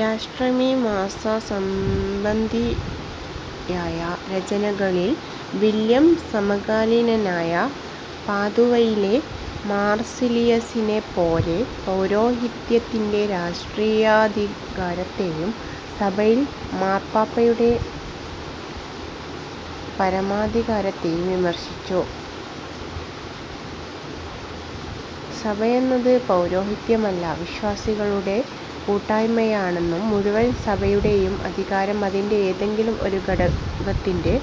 രാഷ്ട്രമീമാസാസംബന്ധിയായ രചനകളിൽ വില്യം, സമകാലീനനായ പാദുവയിലെ മാർസിലിയസിനെപ്പോലെ, പൗരോഹിത്യത്തിന്റെ രാഷ്ട്രീയാധികാരത്തേയും സഭയിൽ മാർപ്പാപ്പായുടെ പരമാധികാരത്തേയും വിമർശിച്ചു. സഭയെന്നത് പൗരോഹിത്യമല്ല വിശ്വാസികളുടെ കൂട്ടായ്മയാണെന്നും മുഴുവൻ സഭയുടേയും അധികാരം അതിന്റെ ഏതെങ്കിലും ഒരു ഘടകത്തിന്റെ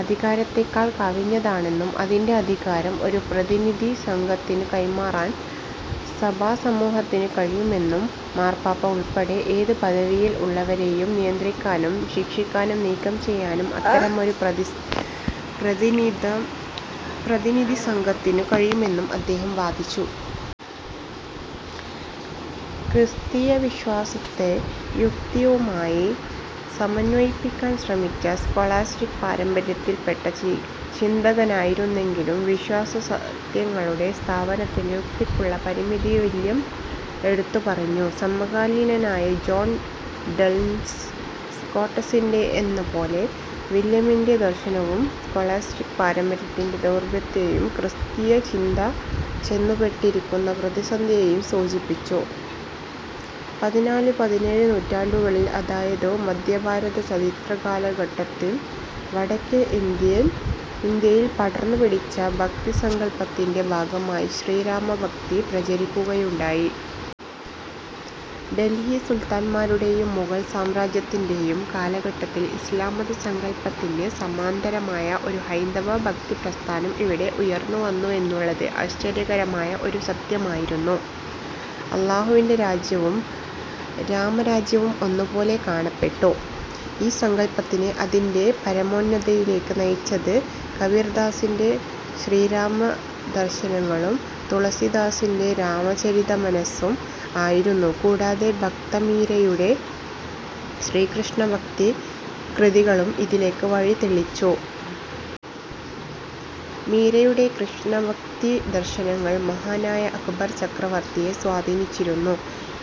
അധികാരത്തേക്കൾ കവിഞ്ഞതാണെന്നും അതിന്റെ അധികാരം ഒരു പ്രതിനിധിസംഘത്തിനു കൈമാറാൻ സഭാസമൂഹത്തിനു കഴിയുമെന്നും മാർപ്പാപ്പ ഉൾപ്പെടെ ഏത് പദവിയിൽ ഉള്ളവരേയും നിയന്ത്രിക്കാനും ശിക്ഷിക്കാനും നീക്കം ചെയ്യാനും അത്തരമൊരു പ്രതിനിധിസംഘത്തിനു കഴിയുമെന്നും അദ്ദേഹം വാദിച്ചു. ക്രിസ്തീയവിശ്വാസത്തെ യുക്തിയുമായി സമന്വയിപ്പിക്കാൻ ശ്രമിച്ച സ്കൊളാസ്റ്റിക് പാരമ്പര്യത്തിൽ പെട്ട ചിന്തകനായിരുന്നെങ്കിലും വിശ്വാസസത്യങ്ങളുടെ സ്ഥാപനത്തിൽ യുക്തിക്കുള്ള പരിമിതി വില്യം എടുത്തുപറഞ്ഞു. സമകാലീനനായ ജോൺ ഡൺസ് സ്കോട്ടസിന്റെയെന്നപോലെ വില്യമിന്റെ ദർശനവും സ്കൊളാസ്റ്റിക് പാരമ്പര്യത്തിന്റെ ദൗർബല്യത്തേയും ക്രിസ്തീയചിന്ത ചെന്നുപെട്ടിരുന്ന പ്രതിസന്ധിയേയും സൂചിപ്പിച്ചു. പതിനാല് പതിനേഴ് നൂറ്റാണ്ടുകളിൽ അതായതു മദ്ധ്യഭാരത ചരിത്രകാല ഘട്ടത്തിൽ വടക്കേ ഇന്ത്യയിൽ പടർന്നു പിടിച്ച ഭക്തിസങ്കൽപ്പത്തിൻറെ ഭാഗമായി ശ്രീരാമ ഭക്തി പ്രചരിക്കുകയുണ്ടായി. ഡൽഹി സുൽത്താന്മാരുടേയും മുഗൾ സാമ്രാജ്യത്തിൻറെയും കാലഘട്ടത്തിൽ ഇസ്ലാംമത സങ്കൽപ്പത്തിന് സമാന്തരമായ ഒരു ഹൈന്ദവ ഭക്തിപ്രസ്ഥാനം ഇവിടെ ഉയർന്നുവന്നുവെന്നുള്ളത് ആശ്ചര്യകരമായ ഒരു സത്യമായിരുന്നു. അല്ലാഹുവിൻറെ രാജ്യവും രാമരാജ്യവും ഒന്നുപോലെ കാണപ്പെട്ടു. ഈ സങ്കല്പ്പത്തിനെ അതിൻറെ പരമോന്നതിയിലേക്ക് നയിച്ചത് കബിർദാസിൻറെ ശ്രീരാമദർശനങ്ങളും തുളസിദാസിൻറെ രാമചരിതമാനസ്സും ആയിരുന്നു. കൂടാത ഭക്തമീരയുടെ ശ്രീകൃഷ്ണഭക്തി കൃതികളും ഇതിലേക്ക് വഴി തെളിച്ചു. മീരയുടെ കൃഷ്ണഭക്തിദർശനങ്ങൾ മഹാനായ അക്ബർ ചക്രവർത്തിയെ സ്വാധീനിച്ചിരുന്നു.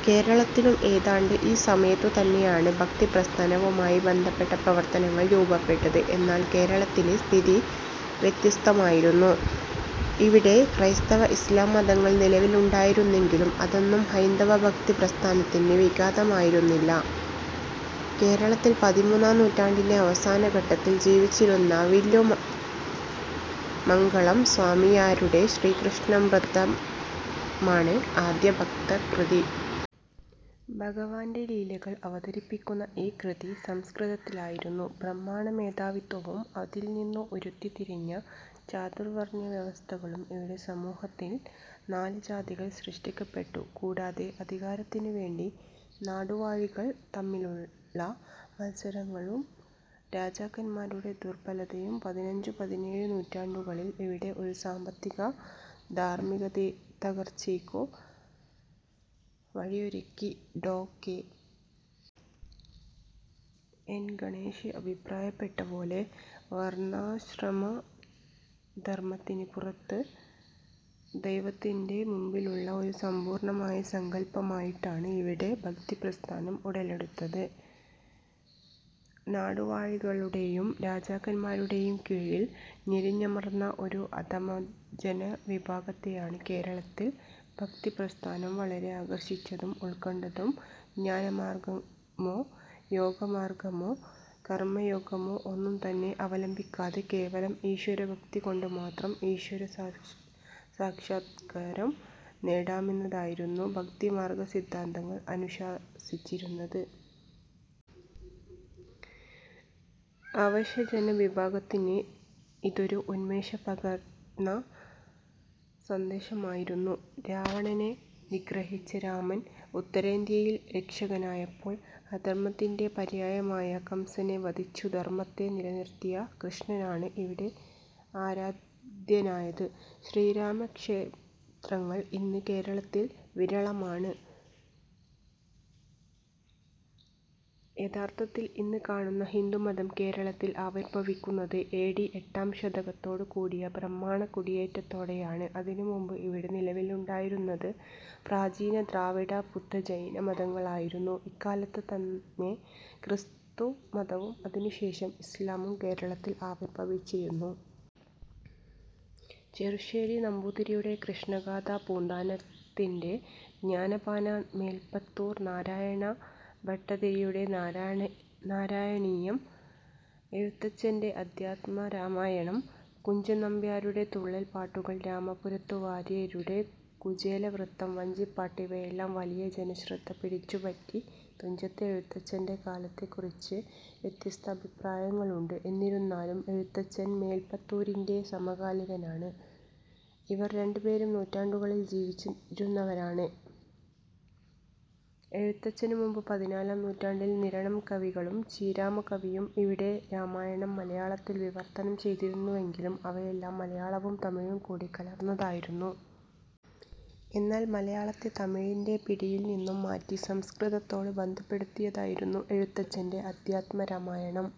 കേരളത്തിലും ഏതാണ്ട് ഈ സമയത്തുതന്നെയാണ് ഭക്തിപ്രസ്ഥനവുമായി ബന്ധപ്പെട്ട പ്രവർത്തനങ്ങൾ രൂപപ്പെട്ടത്. എന്നാൽ കേരളത്തിലെ സ്ഥിതി വ്യത്യസ്തമായിരുന്നു, ഇവിടെ ക്രൈസ്തവ – ഇസ്ലാം മതങ്ങൾ നിലവിലുണ്ടായിരുന്നെങ്കിലും അതൊന്നും ഹൈന്ദവ ഭക്തിപ്രസ്ഥാനത്തിന് വിഘാതമായിരുന്നില്ല. കേരളത്തിൽ പതിമൂന്നാം നൂറ്റാണ്ടിൻറെ അവസാനഘട്ടത്തിൽ ജീവിച്ചിരുന്ന വില്ലുമംഗലം സ്വാമിയാരുടെ ശ്രീകൃഷ്ണാമൃതമാണ് ആദ്യത്തെ ഭക്തകൃതി. ഭഗവാൻറെ ലീലകൾ അവതരിപ്പിക്കുന്ന ഈ കൃതി സംസ്കൃതത്തിലായിരുന്നു. ബ്രാഹ്മണ മേധാവിത്വവും അതിൽനിന്നു ഉരുത്തിതിരിഞ്ഞ ചാതുർവർണ്ണ്യവ്യവസ്ഥയും ഇവിടെ സമൂഹത്തിൽ നാല് ജാതികൾ സൃഷ്ടിക്കപ്പെട്ടു, കൂടാതെ അധികാരത്തിനുവേണ്ടി നാടുവാഴികൾ തമ്മിലുള്ള മത്സരങ്ങളും രാജാക്കന്മാരുടെ ദുർബലതയും പതിനഞ്ചു പതിനേഴു നൂറ്റാണ്ടുകളിൽ ഇവിടെ ഒരു സാമ്പത്തിക- ധാർമ്മികതകർച്ചയ്ക്ക് വഴിയൊരുക്കി ഡോ കെ.. എൻ ഗണേഷ് അഭിപ്രായപ്പെട്ടപോലെ വർണ്ണാശ്രമധർമത്തിന് പുറത്തു ദൈവത്തിൻറെ മുമ്പിലുള്ള ഒരു സമ്പൂർണമായ സങ്കല്പ്പമായിട്ടാണ് ഇവിടെ ഭക്തിപ്രസ്ഥാനം ഉടലെടുത്തത് നാടുവാഴികളുടെയും രാജാക്കന്മാരുടേയും കീഴിൽ ഞെരിഞമർന്ന ഒരു അധമജനവിഭാഗത്തെയാണ് കേരളത്തിൽ ഭക്തിപ്രസ്ഥാനം വളരെ ആകർഷിച്ചതും ഉൾക്കൊണ്ടതും ജ്ഞാനമാർഗ്ഗമോ യോഗമാർഗ്ഗമോ കർമ്മയോഗമോ ഒന്നും തന്നെ അവലംബിക്കാതെ കേവലം ഈശ്വരഭക്തി കൊണ്ടുമാത്രം ഈശ്വരസാക്ഷൽക്കാരം നേടാമെന്നതായിരുന്നു ഭക്തിമാർഗ്ഗ സിദ്ധാന്തങ്ങൾ അനുശാസിച്ചിരുന്നത്. അവശജനവിഭാഗത്തിന് ഇതൊരൂ ഉന്മേഷ പകർന്ന സന്ദേശമായിരുന്നു. രാവണനെ നിഗ്രഹിച്ച രാമൻ ഉത്തരേന്ത്യയിൽ രക്ഷകനായപ്പോൾ അധർമ്മത്തിൻറെ പര്യായമായ കംസനെ വധിച്ചു ധർമ്മത്തെ നിലനിർത്തിയ കൃഷ്ണനാണ് ഇവിടെ ആരാധ്യനായത്. ശ്രീരാമക്ഷേത്രങ്ങൾ ഇന്ന് കേരളത്തിൽ വിരളമാണ്. യഥാർഥത്തിൽ ഇന്ന് കാണുന്ന ഹിന്ദുമതം കേരളത്തിൽ ആവിർഭവിക്കുന്നത് എ, ഡി, എട്ടാം ശതകത്തോട് കൂടിയ ബ്രാഹ്മണ കുടിയേറ്റത്തോടെയാണ് അതിനു മുൻപ് ഇവിടെ നിലവിലുണ്ടായിരുന്നത് പ്രാചീന ദ്രാവിഡ, ബുദ്ധ-ജൈന മതങ്ങളായിരുന്നു, ഇക്കാലത്ത് തന്നെ ക്രിസ്തു മതവും അതിനുശേഷം ഇസ്ലാമും കേരളത്തിൽ ആവിർഭവിച്ചിരുന്നു. ചെറുശ്ശേരി നമ്പുതിരിയുടെ കൃഷ്ണഗാഥ, പൂന്താനത്തിൻറെ, ജ്ഞാനപ്പാന, മേൽപ്പത്തൂർ നാരായണ ഭട്ടതിരിയുടെ നാരായണീയം, എഴുത്തച്ഛൻറെ അദ്ധ്യാത്മരാമായണം, കുഞ്ചൻ നമ്പിയാരുടെ തുള്ളൽപ്പാട്ടുകൾ, രാമപുരത്തു വാരിയരുടെ കുചേലവൃത്തം വഞ്ചിപ്പാട്ട് ഇവയെല്ലാം വലിയ ജനശ്രദ്ധ പിടിച്ചുപറ്റി തുഞ്ചത്ത് എഴുത്തച്ഛൻറെ കാലത്തെക്കുറിച്ച് വ്യത്യസ്ത അഭിപ്രായങ്ങളുണ്ട്, എന്നിരുന്നാലും എഴുത്തച്ഛൻ മേൽപ്പത്തൂരിൻറെ സമകാലികനാണ്, ഇവർ രണ്ടുപേരും നൂറ്റാണ്ടുകളിൽ ജീവിച്ചിരുന്നവരാണ്, എഴുത്തച്ഛനു മുമ്പ് പതിനാലാം നൂടണ്ടിൽ നിരണം കവികളും ചീരാമ കവിയും ഇവിടെ രാമായണം മലയാളത്തിൽ വിവർത്തനം ചെയ്തിരുന്നുവെങ്കിലും അവയെല്ലാം മലയാളവും തമിഴും കൂടി കലർന്നതായിരുന്നു. എന്നാൽ മലയാളത്തെ തമിഴിൻറെ പിടിയിൽ നിന്നും മാറ്റി, സംസ്കൃതത്തോട് ബന്ധപ്പെടുത്തിയതായിരുന്നു എഴുത്തച്ഛൻറെ അദ്ധ്യാത്മരാമായണം.